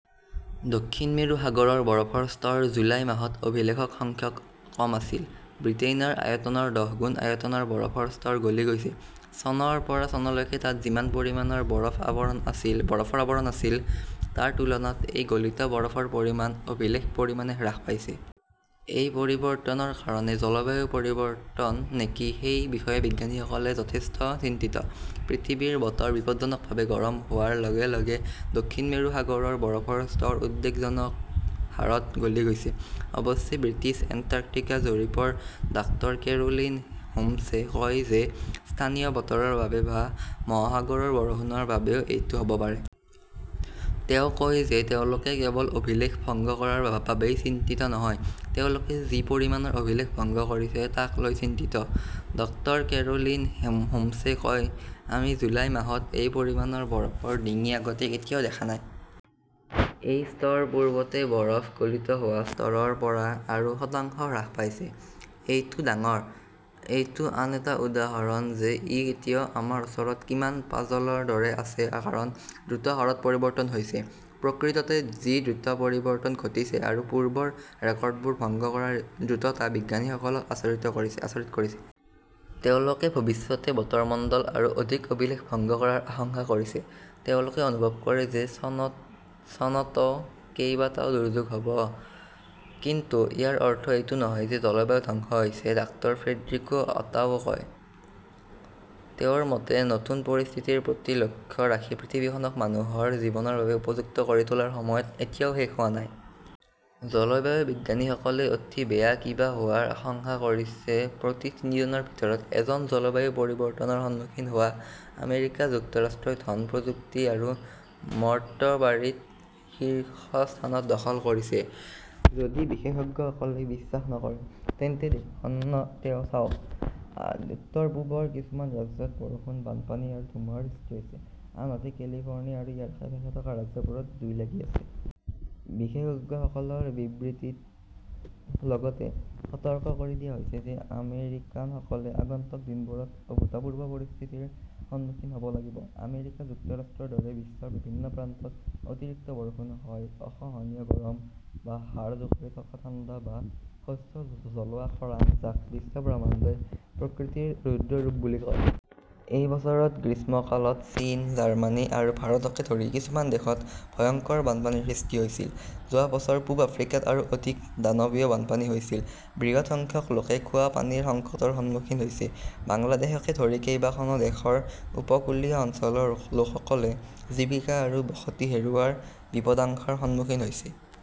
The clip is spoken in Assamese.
দক্ষিণ মেৰু সাগৰৰ বৰফৰ স্তৰ জুলাই মাহত অভিলেখ সংখ্যক কম আছিল। ব্ৰিটেইনৰ আয়তনৰ দহগুণ আয়তনৰ বৰফৰ স্তৰ গলি গৈছে। চনৰ পৰা চনলৈকে তাত যি পৰিমাণৰ বৰফৰ আৱৰণ আছিল তাৰ তুলনাত এই গলিত বৰফৰ পৰিমাণ অভিলেখ পৰিমাণে হ্ৰাস পাইছে। এই পৰিৱৰ্তনৰ কাৰণ জলবায়ু পৰিৱৰ্তন নেকি সেই বিষয়ে বিজ্ঞানীসকলে যথেষ্ট চিন্তিত। পৃথিৱীৰ বতৰ বিপদজনকভাৱে গৰম হোৱাৰ লগে লগে দক্ষিণ মেৰু সাগৰৰ বৰফৰ স্তৰ উদ্বেগজনক হাৰত গলি গৈছে। অৱশ্যে, ব্ৰিটিছ এণ্টাৰ্কটিকা জৰীপৰ ডাক্তৰ কেৰোলিন হোমছে কয় যে স্থানীয় বতৰৰ বাবে বা মহাসাগৰৰ বৰষুণৰ বাবেও এইটো হ'ব পাৰে। তেওঁ কয় যে তেওঁলোকে কেৱল অভিলেখ ভংগ কৰাৰ বাবেই চিন্তিত নহয়, তেওঁলোকে যি পৰিমাণৰ অভিলেখ ভংগ কৰিছে তাক লৈ চিন্তিত। ড. কেৰোলিন হোমছে কয়, আমি জুলাই মাহত এই পৰিমাণৰ বৰফৰ ডিঙি আগতে কেতিয়াও দেখা নাই। এই স্তৰ পূৰ্বতে বৰফ গলিত হোৱা স্তৰৰ পৰা আৰু শতাংশ হ্ৰাস পাইছে। এইটো ডাঙৰ। এইটো আন এটা উদাহৰণ যে ই এতিয়াও আমাৰ ওচৰত কিমান পাজলৰ দৰে আছে কাৰণ দ্ৰুত হাৰত পৰিৱৰ্তন হৈছে। প্ৰকৃততে যি দ্ৰুত পৰিৱৰ্তন ঘটিছে আৰু পূৰ্বৰ ৰেকৰ্ডবোৰ ভংগ কৰাৰ দ্ৰুততা বিজ্ঞানীসকলক আচৰিত কৰিছে। তেওঁলোকে ভৱিষ্যতে বতৰমণ্ডলত আৰু অধিক অভিলেখ ভংগৰ আশংকা কৰিছে। তেওঁলোকে অনুভৱ কৰে যে চনতও কেইবাটাও দুৰ্যোগ হ 'ব। কিন্তু ইয়াৰ অৰ্থ এইটো নহয় যে জলবায়ু ধ্বংস হৈছে ডাক্তৰ ফ্ৰেডেৰিকো অটোৱে কয়। তেওঁৰ মতে, নতুন পৰিস্থিতিৰ প্ৰতি লক্ষ্য ৰাখি পৃথিৱীখনক মানুহৰ জীৱনৰ বাবে উপযুক্ত কৰি তোলাৰ সময় এতিয়াও শেষ হোৱা নাই । জলবায়ুঃ বিজ্ঞানীসকলে অতি বেয়া কিবা হোৱাৰ আশংকা কৰিছে প্ৰতি তিনিজনৰ ভিতৰত এজন জলবায়ু পৰিৱৰ্তনৰ সন্মুখীন হোৱা আমেৰিকা যুক্তৰাষ্ট্ৰই ধন, প্ৰযুক্তি আৰু মৰ্টবাৰীত শীৰ্ষস্থান দখল কৰিছে। যদি বিশেষজ্ঞসকলে বিশ্বাস নকৰে, তেন্তে দেশখন চাওক। উত্তৰ-পূবৰ কিছুমান ৰাজ্যত বৰষুণ, বানপানী আৰু ধুমুহাৰ সৃষ্টি হৈছে; আনহাতে কেলিফৰ্ণিয়া আৰু ইয়াৰ আশে-পাশে থকা ৰাজ্যবোৰত জুই লাগি আছে। বিশেষজ্ঞসকলৰ বিবৃতিত লগতে সতৰ্ক কৰি দিয়া হৈছে যে আমেৰিকানসকলে আগন্তুক দিনবোৰত অভূতপূৰ্ব পৰিস্থিতিৰ সন্মুখীন হ 'ব লাগিব। আমেৰিকা যুক্তৰাষ্ট্ৰৰ দৰে বিশ্বৰ বিভিন্ন প্ৰান্তত অতিৰিক্ত বৰষুণ হয় অসহনীয় গৰম; বা হাড় জোকাৰি থকা ঠাণ্ডা বা শস্য জ্বলোৱা খৰাং, যাক বিশ্বব্ৰহ্মাণ্ডই প্ৰকৃতিৰ ৰুদ্ৰ ৰূপ বুলি কয়। এই বছৰৰ গ্ৰীষ্মকালত চীন, জাৰ্মানী আৰু ভাৰতকে ধৰি কিছুমান দেশত ভয়ংকৰ বানপানীৰ সৃষ্টি হৈছিল। যোৱা বছৰ পূব আফ্ৰিকাত আৰু অধিক দানৱীয় বানপানী হৈছিল। বৃহৎ সংখ্যক লোকে খোৱা পানীৰ সংকটৰ সন্মুখীন হৈছে। বাংলাদেশকে ধৰি কেইবাখনো দেশৰ উপকূলীয় অঞ্চলৰ লোকসকলে জীৱিকা আৰু বসতি হেৰুৱাৰ বিপদাশংকাৰ সন্মুখীন হৈছে।